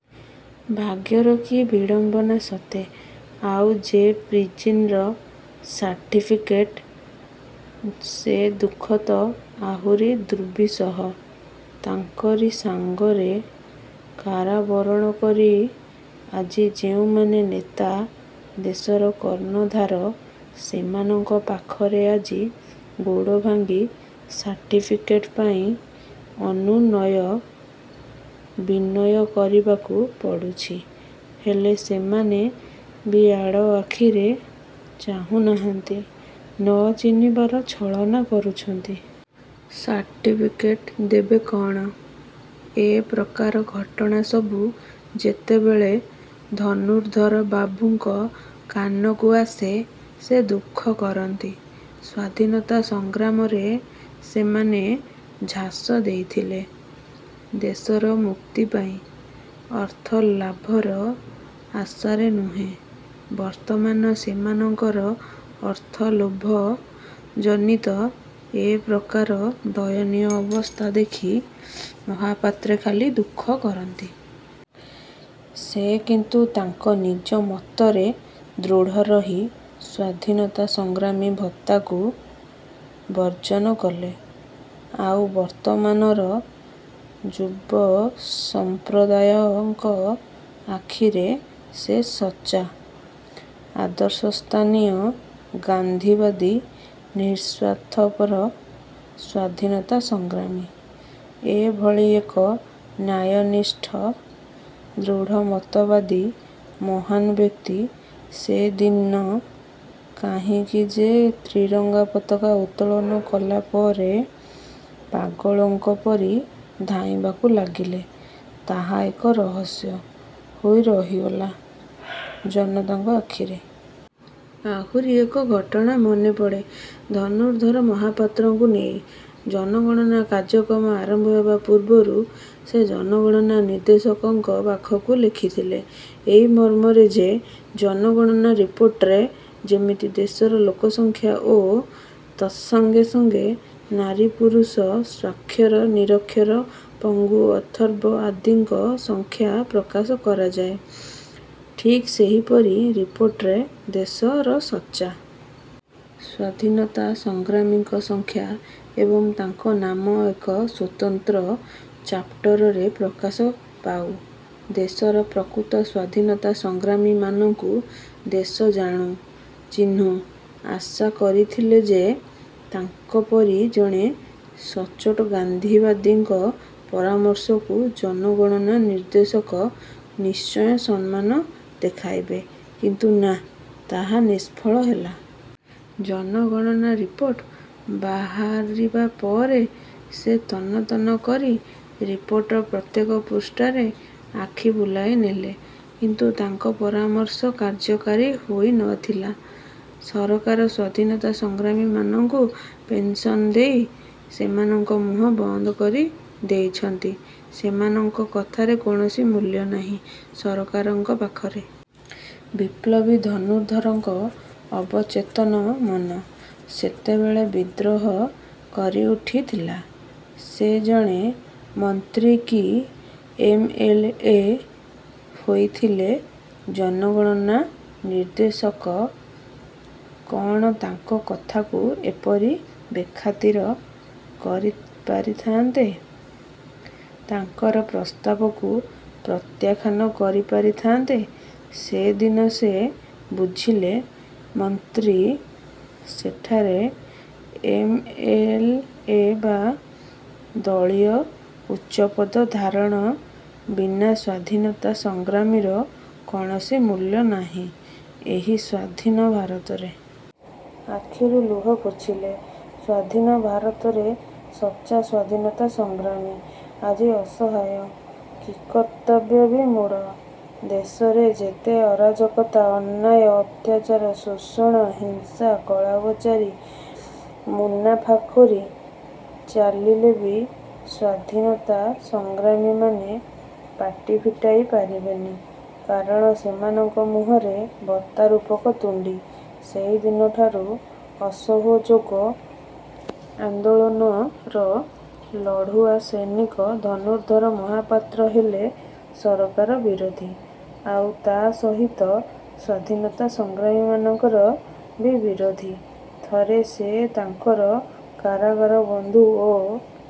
ଭାଗ୍ୟର କି ବିଡ଼ମ୍ବନା ସତେ! ଆଉ ଯେ ପ୍ରିଜିନର ସାର୍ଟିଫିକେଟ? ସେ ଦୁଃଖ ତ ଆହୁରି ଦୁର୍ବିସହ। ତାଙ୍କରି ସାଙ୍ଗରେ କାରାବରଣ କରି ଆଜି ଯେଉଁମାନେ ନେତା, ଦେଶର କର୍ଣ୍ଣଧାର ସେମାନଙ୍କ ପାଖରେ ଆଜି ଗୋଡ଼ ଭାଙ୍ଗି ସାର୍ଟିଫିକେଟ ପାଇଁ ଅନୁନୟ ବିନୟ କରିବାକୁ ପଡ଼ୁଛି ହେଲେ ସେମାନେ ବି ଆଡ଼ଆଖିରେ ଚାହୁଁନାହାନ୍ତି-ନ ଚିହ୍ନିବାର ଛଳନା କରୁଛନ୍ତି। ସାର୍ଟିଫିକେଟ୍ ଦେବେ କ'ଣ? ଏ ପ୍ରକାର ଘଟଣା ସବୁ ଯେତେବେଳେ ଧନୁର୍ଦ୍ଧରବାବୁଙ୍କ କାନକୁ ଆସେ ସେ ଦୁଃଖ କରନ୍ତି। ସ୍ୱାଧୀନତା ସଂଗ୍ରାମରେ ସେମାନେ ଝାସ ଦେଇଥିଲେ ଦେଶର ମୁକ୍ତି ପାଇଁ, ଅର୍ଥ ଲାଭର ଆଶାରେ ନୁହେଁ। ବର୍ତ୍ତମାନ ସେମାନଙ୍କର ଅର୍ଥଲୋଭଜନିତ ଏ ପ୍ରକାର ଦୟନୀୟ ଅବସ୍ଥା ଦେଖି ମହାପାତ୍ରେ ଖାଲି ଦୁଃଖ କରନ୍ତି। ସେ କିନ୍ତୁ ତାଙ୍କ ନିଜ ମତରେ ଦୃଢ଼ ରହି ସ୍ୱାଧୀନତା ସଂଗ୍ରାମୀ ଭତ୍ତାକୁ ବର୍ଜନ କଲେ, ଆଉ ବର୍ତ୍ତମାନର ଯୁବସଂପ୍ରଦାୟଙ୍କ ଆଖିରେ ସେ ସଚ୍ଚା ଆଦର୍ଶସ୍ଥାନୀୟ ଗାନ୍ଧୀବାଦୀ ନିଃସ୍ୱାର୍ଥପର ସ୍ୱାଧୀନତା ସଂଗ୍ରାମୀ। ଏ ଭଳି ଏକ ନ୍ୟାୟନିଷ୍ଠ, ଦୃଢ଼ ମତବାଦୀ ମହାନ ବ୍ୟକ୍ତି ସେଦିନ କାହିଁକି ଯେ ତ୍ରିରଙ୍ଗ ପତାକା ଉତ୍ତୋଳନ କଲାପରେ ପାଗଳଙ୍କ ପରି ଧାଇଁବାକୁ ଲାଗିଲେ ତାହା ଏକ ରହସ୍ୟ ହୋଇ ରହିଗଲା ଜନତାଙ୍କ ଆଖିରେ। ଆହୁରି ଏକ ଘଟଣା ମନେପଡ଼େ ଧନୁର୍ଦ୍ଧର ମହାପାତ୍ରଙ୍କୁ ନେଇ। ଜନଗଣନା କାର୍ଯ୍ୟକ୍ରମ ଆରମ୍ଭ ହେବାପୂର୍ବରୁ ସେ ଜନଗଣନା ନିର୍ଦ୍ଦେଶକଙ୍କ ପାଖକୁ ଲେଖିଥିଲେ ଏଇ ମର୍ମରେ ଯେ, ଜନଗଣନା ରିପୋର୍ଟରେ ଯେମିତି ଦେଶର ଲୋକସଂଖ୍ୟା ଓ ତତ୍ସଙ୍ଗେ ସଙ୍ଗେ ନାରୀ ପୁରୁଷ, ସ୍ଵାକ୍ଷର, ନିରକ୍ଷର, ପଙ୍ଗୁ ଅଥର୍ବ ଆଦିଙ୍କ ସଂଖ୍ୟା ପ୍ରକାଶ କରାଯାଏ ଠିକ୍ ସେଇପରି ରିପୋର୍ଟରେ ଦେଶର ସଚ୍ଚା। ସ୍ୱାଧୀନତା ସଂଗ୍ରାମୀଙ୍କ ସଂଖ୍ୟା ଏବଂ ତାଙ୍କ ନାମ ଏକ ସ୍ୱତନ୍ତ୍ର ଚାପ୍ଟରରେ ପ୍ରକାଶ ପାଉ। ଦେଶର ପ୍ରକୃତ ସ୍ଵାଧୀନତା ସଂଗ୍ରାମୀମାନଙ୍କୁ ଦେଶ ଜାଣୁ, ଚିହ୍ନୁ। ଆଶା କରିଥିଲେ ଯେ, ତାଙ୍କପରି ଜଣେ ସଚ୍ଚୋଟ ଗାନ୍ଧୀବାଦୀଙ୍କ ପରାମର୍ଶକୁ ଜନଗଣନା ନିର୍ଦ୍ଦେଶକ ନିଶ୍ଚୟ ସମ୍ମାନ ଦେଖାଇବେ; କିନ୍ତୁ ନା, ତାହା ନିଷ୍ଫଳ ହେଲା। ଜନଗଣନା ରିପୋର୍ଟ ବାହାରିବା ପରେ ସେ ତନ୍ନ ତନ୍ନ କରି ରିପୋର୍ଟର ପ୍ରତ୍ୟେକ ପୃଷ୍ଠାରେ ଆଖି ବୁଲେଇ ନେଲେ; କିନ୍ତୁ ତାଙ୍କ ପରାମର୍ଶ କାର୍ଯ୍ୟକାରୀ ହୋଇ ନ ଥିଲା। ସରକାର ସ୍ୱାଧୀନତା ସଂଗ୍ରାମୀମାନଙ୍କୁ ପେନ୍ସନ ଦେଇ ସେମାନଙ୍କ ମୁହଁ ବନ୍ଦ କରି ଦେଇଛନ୍ତି, ସେମାନଙ୍କ କଥାର କୌଣସି ମୂଲ୍ୟ ନାହିଁ ସରକାରଙ୍କ ପାଖରେ। ବିପ୍ଳବୀ ଧନୁର୍ଦ୍ଧରଙ୍କ ଅବଚେତନ ମନ ସେତେବେଳେ ବିଦ୍ରୋହ କରି ଉଠିଥିଲା। ସେ ଜଣେ ମନ୍ତ୍ରୀ କି ଏମ୍. ଏଲ. ଏ ହୋଇଥିଲେ ଜନଗଣନା ନିର୍ଦ୍ଦେଶକ କ'ଣ ତାଙ୍କ କଥାକୁ ଏପରି ବେଖାତିର କରି ପାରିଥାନ୍ତେ? ତାଙ୍କର ପ୍ରସ୍ତାବକୁ ପ୍ରତ୍ୟାଖ୍ୟାନ କରି ପାରିଥାନ୍ତେ? ସେଦିନ ସେ ବୁଝିଲେ ମନ୍ତ୍ରୀ, ସେଠାରେ ଏମ: ଏଲ: ଏ: ବା ଦଳୀୟ ଉଚ୍ଚପଦ ଧାରଣ ବିନା ସ୍ୱାଧୀନତା ସଂଗ୍ରାମୀର କୌଣସି ମୂଲ୍ୟ ନାହିଁ ଏହି ସ୍ଵାଧୀନ ଭାରତରେ। ଆଖିରୁ ଲୁହ ପୋଛିଲେ। ସ୍ଵାଧୀନ ଭାରତରେ ସଚ୍ଚା ସ୍ଵାଧୀନତା ସଂଗ୍ରାମୀ ଆଜି ଅସହାୟ, କିଂକର୍ତ୍ତବ୍ୟବିମୂଢ଼। ଦେଶରେ ଯେତେ ଅରାଜକତା, ଅନ୍ୟାୟ, ଅତ୍ୟାଚାର, ଶୋଷଣ, ହିଂସା, କଳାବଜାରୀ, ମୁନାଫାଖୋରୀ ଚାଲିଲେ ବି ସ୍ଵାଧୀନତା ସଂଗ୍ରାମୀମାନେ ପାଟି ଫିଟାଇ ପାରିବେନି; କାରଣ ସେମାନଙ୍କ ମୁହଁରେ ଭତ୍ତାରୂପକ ତୁଣ୍ଡି। ସେଇଦିନଠାରୁ ଅସହଯୋଗ ଆନ୍ଦୋଳନର ଲଢ଼ୁଆ ସୈନିକ ଧନୁର୍ଦ୍ଧର ମହାପାତ୍ର ହେଲେ ସରକାର ବିରୋଧୀ ଆଉ ତା' ସହିତ ସ୍ୱାଧୀନତା ସଂଗ୍ରାମୀମାନଙ୍କର ବି ବିରୋଧୀ। ଥରେ ସେ ତାଙ୍କର କାରାଗାର ବନ୍ଧୁ ଓ